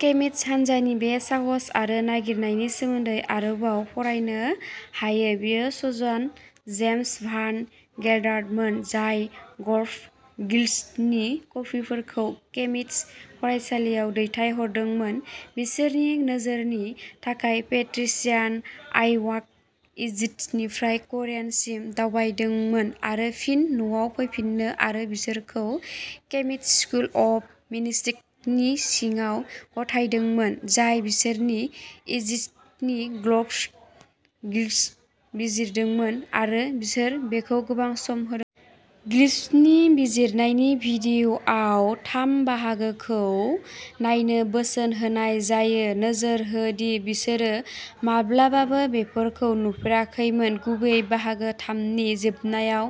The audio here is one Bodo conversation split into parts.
खेमित हानजानि बे साहस आरो नागिरनायनि सोमोन्दै आरोबाव फरायनो हायो। बेयो सनजा जेम्स भान गेलडारमोन जाय ग'सफर्ड ग्लिफ्सनि कपिफोरखौ खेमित फरायसालियाव दैथायहरदोंमोन, बिसोरनि नोजोरनि थाखाय। पेट्रिसिया आइवानआ इजिप्टनिफ्राय करियन सिम दावबायदोंमोन आरो फिन न'आव फैफिनो आरो बिसोरखौ खेमित स्कुल अफ मिस्टिक्समनि सिगाङाव गथायदोंमोन, जाय बिसोरखौ इजिप्टनि ग'सफर्ड ग्लिफ्सखौ बिजिरदोंमोन आरो बिसोरो बेखौ गोबां सम होदोंमोन। ग्लिफ्सनि बिजिरनायनि भिडिअ'आव थाम बाहागोफोरखौ नायनो बोसोन होनाय जायो। नोजोर हो दि बिसोरो माब्लाबाबो बेफोरखौ नुफेराखैमोन। गुबैयै बाहागो थाम नि जोबनायाव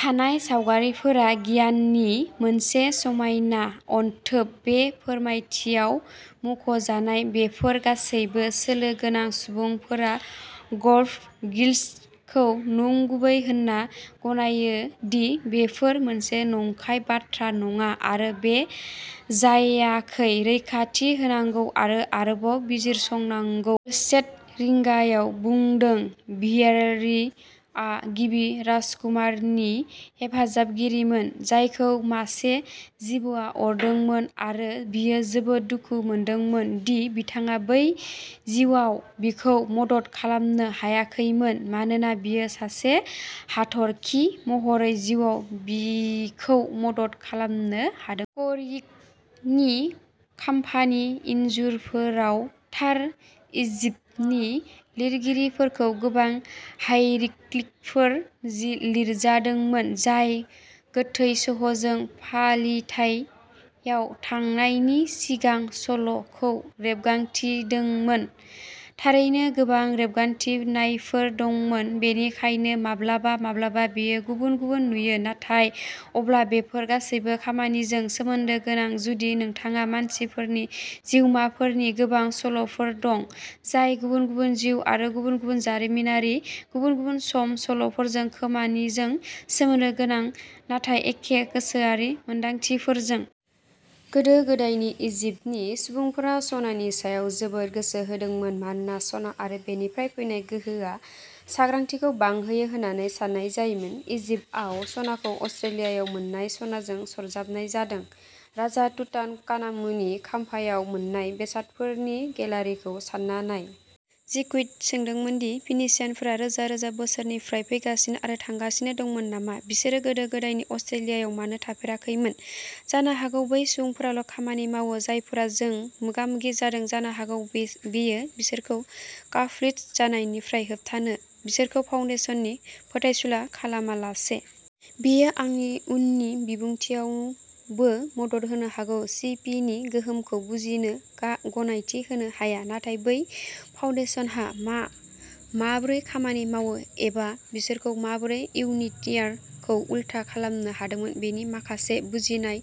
थानाय सावगारिफोरा गियाननि मोनसे समायना अनथोब। बे फोरमायथियाव मुंख'जानाय बेफोर गासैबो सोलो गोनां सुबुंफोरा ग'सफर्ड ग्लिफ्सखौ नंगुबै होनना गनायो दि बेफोर मोनसे नंखाय बाथ्रा नङा आरो बे जायगाखौ रैखाथि होनांगौ आरो आरोबाव बिजिरसंनांगौ। आल्चे रिंगाया बुंदों। भियालेरी आ गिबि राजकुमारनि हेफाजाबगिरिमोन, जायखौ मासे जिबौआ अरदोंमोन। आरो बियो जोबोद दुखु मोनदोंमोन दि बिथाङा बै जिउआव बिखौ मदद खालामनो हायाखैमोन मानोना बियो सासे हाथरखि महरै जिउआव बिखौ मदद खालामनो हादों। करियोंगनि खाम्फानि इन्जुरफोराव थार इजिप्टनि लिरगिरिफोरजों गोबां हाइरोग्लिफफोर जि लिरजादोंमोन, जाय गोथै सह'जों फालिथाइआव थांनायनि सिगां सल'खौ रेबगान्थिदोंमोन। थारैनो गोबां रेबगान्थिनायफोर दंमोन बेनिखायनो माब्लाबा माब्लाबा बेयो गुबुन-गुबुन नुयो नाथाय अब्ला बेफोर गासैबो खामानिजों सोमोन्दो गोनां, जुदि नोंथाङा मानसिफोरनि जिउमाफोरनि गोबां सल'फोर दं, जाय गुबुन-गुबुन जिउ आरो गुबुन-गुबुन जारिमिनारि गुबुन-गुबुन सम सल'फोरजों खामानिजों सोमोन्दो गोनां, नाथाय एखे गोसोआरि मोनदांथिफोरजों। गोदो गोदायनि इजिप्टनि सुबुंफोरा सनानि सायाव जोबोद गोसो होदोंमोन मानोना सना आरो बेनिफ्राय फैनाय गोहोआ सांग्रांथिखौ बांहोयो होनना साननाय जायोमोन। इजिप्टआव सनाखौ अस्ट्रेलियायाव मोननाय सनाजों सरजाबनाय जादों। राजा तुतान खानामुननि खाम्फायाव मोननाय बेसादफोरनि गेलारिखौ सान्ना नाय। जेकुइ सोंदोंमोन दि फिनीसियानफोरा रोजा रोजा बोसोरफोरनिफ्राय फैगासिनो आरो थांगासिनो दंमोन नामा, बिसोरो गोदो-गोदायनि अस्ट्रेलियायाव मानो थाफेराखैमोन? जानो हागौ बै सुबुंफोराल' खामानि मावो जायफोरा जों मोगामोगि जादों जानो हागौ बेयो बिसोरखौ काल्टिस्ट जानायनिफ्राय होबथायो, बिसोरखौ फाउन्डेसननि फोथायसुला खालामालासे। बेयो आंनि उननि बिबुंथिआवबो मदद होनो हागौ। सि पि नि गोहोमखौ बुजिनो गा गनायथि होनो हाया। नाथाय बै फाउन्डेसनहा आ माबोरै खामानि मावो, एबा बिसोरो माबोरै इन्जिनियार खौ उलथा खालामनो हादोंमोन बेनि माखासे बुजिनाय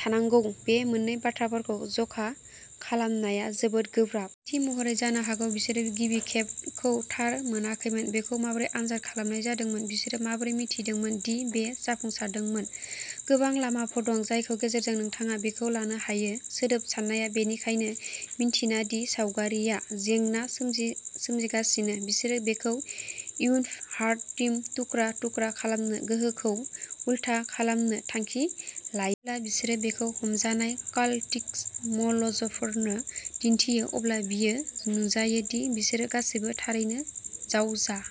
थानांगौ बे मोननै बाथ्राफोरखौ जखा खालामनाया जोबोद गोब्राब। बिदिन्थि महरै, जानो हागौ बिसोरो गिबि खेब खौ थार मोनाखैमोन। बेखौ माबोरै आनजाद खालामनाय जादोंमोन बिसोरो माबोरै मिथिदोंमोन दि बेयो जाफुंसारदोंमोन, गोबां लामाफोर दं जायनि गेजेरजों नोंथाङा बेखौ लानो हायो। सोदोब साननाया। बेनिखायनो मिन्थिना दि सावगारिआ जेंना सोमजि सोमजिगासिनो, बिसोरो बेखौ इनफ' हार्ड टीमनो थुख्रा थुख्रा खालामो, गोहोमखौ उलथा खालामनो थांखि लायो। जेब्ला बिसोरो बेखौ हमजानाय कालटिस्ट म'लफोरनो दिन्थियो अब्ला बेयो नुजायो दि बिसोरो गासैबो थारैनो जावजा।